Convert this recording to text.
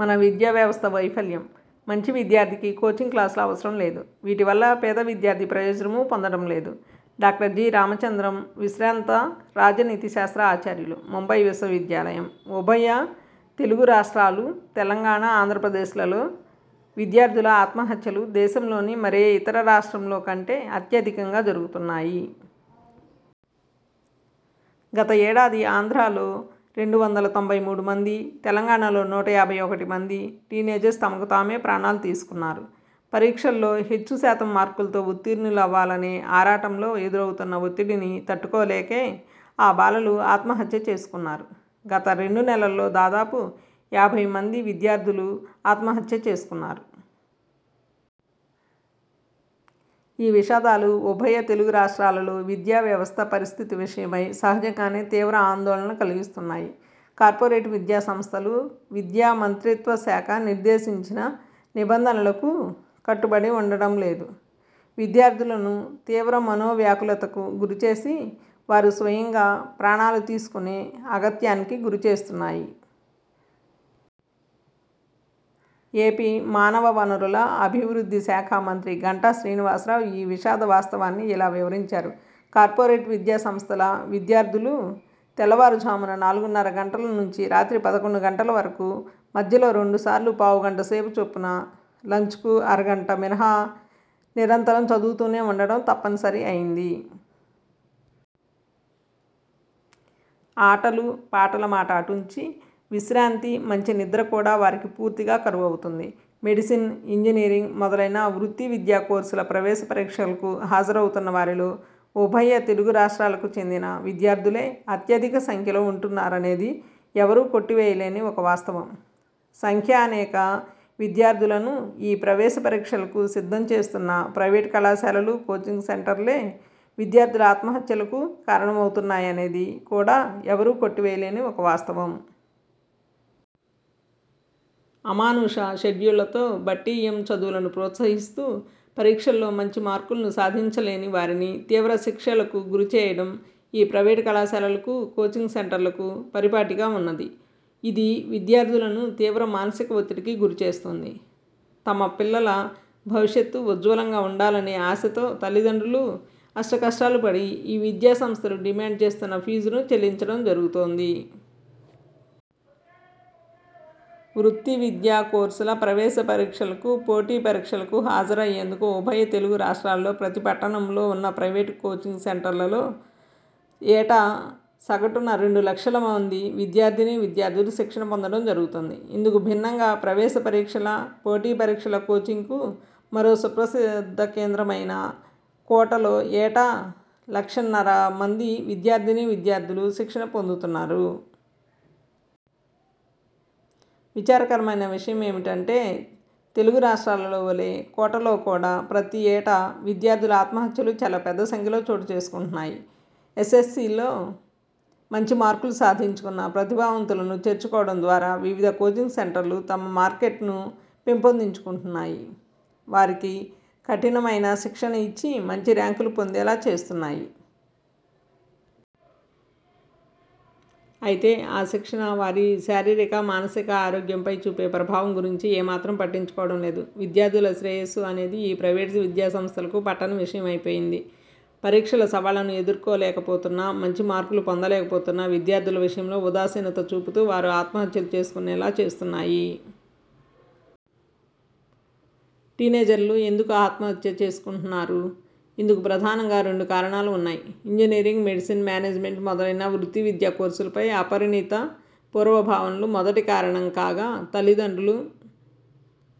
మన విద్యా వ్యవస్థ వైఫల్యం. మంచి విద్యార్థికి కోచింగ్ క్లాసుల అవసరం లేదు. వీటివల్ల పేద విద్యార్థి ప్రయోజనమూ పొందడం లేదు. Doctor G. రామచంద్రంవిశ్రాంత రాజనీతి శాస్త్ర ఆచార్యులు, ముంబై విశ్వవిద్యాలయం ఉభయ తెలుగు రాష్ట్రాలు తెలంగాణ, ఆంధ్రప్రదేశ్లలో విద్యార్థుల ఆత్మహత్యలు దేశంలోని మరే ఇతన రాష్ట్రంలో కంటే అత్యధికంగా జరుగుతున్నాయి. గత ఏడాది ఆంధ్రాలో రెండు వందల తొంభై మూడు మంది, తెలంగాణలో నూట యాభై ఒకటి మంది టీనేజర్స్ తమకు తామే ప్రాణాలు తీసుకున్నారు. పరీక్షల్లో హెచ్చు శాతం మార్కులతో ఉత్తీర్ణులవ్వాలనే ఆరాటంలో ఎదురవుతున్న ఒత్తిడిని తట్టుకోలేకే ఆ బాలలు ఆత్మహత్య చేసుకున్నారు. గత రెండు నెలల్లో దాదాపు యాభై మంది విద్యార్థులు ఆత్మహత్య చేసుకున్నారు. ఈ విషాదాలు, ఉభయ తెలుగు రాష్ట్రాలలో విద్యా వ్యవస్థ పరిస్థితి విషయమై, సహజంగానే తీవ్ర ఆందోళన కలిగిస్తున్నాయి. కార్పొరేట్ విద్యా సంస్థలు విద్యా మంత్రిత్వ శాఖ నిర్దేశించిన నిబంధనలకు కట్టుబడి వుండడం లేదు. విద్యార్థులను తీవ్ర మనో వ్యాకులతకు గురిచేసి, వారు స్వయంగా ప్రాణాలుతీసుకునే అగత్యానికి గురిచేస్తున్నాయి. ఏపీ మానవ వనరుల అభివృద్ధి శాఖా మంత్రి గంటా శ్రీనివాసరావు ఈ విషాద వాస్తవాన్ని ఇలా వివరించారు 'కార్పొరేట్ విద్యా సంస్థల విద్యార్థులు తెల్లవారుఝామున నాలుగున్నర గంటల నుంచి రాత్రి పదకొండు గంటల వరకు, మధ్యలో రెండుసార్లు పావుగంట సేపు చొప్పున, లంచ్కు అరగంట మినహా నిరంతరం చదువుతూనే వుండడం తప్పనిసరి అయింది. ఆటలు పాటల మాట అటుంచి విశ్రాంతి, మంచి నిద్ర కూడా వారికి పూర్తిగా కరువవుతోంది'. మెడిసిన్, ఇంజనీరింగ్ మొదలైన వృత్తి విద్యా కోర్సుల ప్రవేశపరీక్షలకు హాజరవుతున్న వారిలో ఉభయ తెలుగురాష్ట్రాలకు చెందిన విద్యార్థులే అత్యధిక సంఖ్యలో వుంటున్నారనేది ఎవరూ కొట్టివేయలేని ఒక వాస్తవం. సంఖ్యానేక విద్యార్థులను ఈ ప్రవేశపరీక్షలకు సిద్ధంచేస్తున్న ప్రైవేట్ కళాశాలలు, కోచింగ్ సెంటర్లే విద్యార్థుల ఆత్మహత్యలకూ కారణమవుతున్నాయనేది కూడా ఎవరూ కొట్టివేయలేని ఒక వాస్తవం. అమానుష షెడ్యూళ్ళతో బట్టీయం చదువులను ప్రోత్సహిస్తూ, పరీక్షల్లో మంచి మార్కులను సాధించలేని వారిని తీవ్ర శిక్షలకు గురి చెయ్యడం ఈ ప్రైవేట్ కళాశాలలకు, కోచింగ్ సెంటర్లకు పరిపాటిగా వున్నది. ఇది విద్యార్థులను తీవ్ర మానసిక ఒత్తిడికి గురిచేస్తోంది. తమ పిల్లల భవిష్యత్తు ఉజ్వలంగా వుండాలనే ఆశతో తల్లితండ్రులూ అష్టకష్టాలు పడి ఈ విద్యా సంస్థలు డిమాండ్ చేస్తున్న ఫీజును చెల్లించడం జరుగుతోంది. వృత్తి విద్యా కోర్సుల ప్రవేశ పరీక్షలకు, పోటీ పరీక్షలకు హాజరయ్యేందుకు ఉభయ తెలుగు రాష్ట్రాలలో ప్రతి పట్టణంలో వున్న ప్రైవేట్ కోచింగ్ సెంటర్లలో ఏటా సగటున రెండు లక్షల మంది విద్యార్థినీ విద్యార్థులు శిక్షణ పొందడం జరుగుతోంది. ఇందుకు భిన్నంగా, ప్రవేశ పరీక్షల, పోటీ పరీక్షల కోచింగ్కు మరో సుప్రసిద్ధకేంద్రమైన కోట లో ఏటా లక్షన్నర మంది విద్యార్థినీ విద్యార్థులు శిక్షణ పొందుతుంటారు. విచారకరమైన విషయమేమిటంటే తెలుగు రాష్ట్రాలలో వలే కోటలో కూడా ప్రతి ఏటా విద్యార్థుల ఆత్మహత్యలు చాలా పెద్ద సంఖ్యలో చోటుచేసుకుంటున్నాయి. ఎస్ఎస్సీలో మంచి మార్కులు సాధించుకున్న ప్రతిభావంతులను చేర్చుకోవడం ద్వారా వివిధ కోచింగ్ సెంటర్లు తమ మార్కెట్ను పెంపొందించుకొంటున్నాయి. వారికి కఠినమైన శిక్షణ ఇచ్చి మంచి ర్యాంకులు పొందేలా చేస్తున్నాయి. అయితే ఆ శిక్షణ వారి శారీరక, మానసిక ఆరోగ్యంపై చూపే ప్రభావం గురించి ఏమాత్రం పట్టించుకోవడం లేదు. విద్యార్థుల శ్రేయస్సు అనేది ఈ ప్రైవేట్ విద్యాసంస్థలకు పట్టని విషయమైపోయింది. పరీక్షల సవాళ్లను ఎదుర్కోలేకపోతున్న, మంచి మార్కులు పొందలేకపోతున్న విద్యార్థుల విషయంలో ఉదాసీనత చూపుతూ వారు ఆత్మహత్యలు చేసుకొనేలా చేస్తున్నాయి. టీనేజర్లు ఎందుకు ఆత్మహత్య చేసుకొంటున్నారు? ఇందుకు ప్రధానంగా రెండు కారణాలు వున్నాయి. ఇంజనీరింగ్, మెడిసిన్, మేనేజ్మెంట్ మొదలైన వృత్తి విద్యా కోర్సులపై అపరిణత పూర్వ భావనలు మొదటి కారణం కాగా తల్లిదండ్రులు,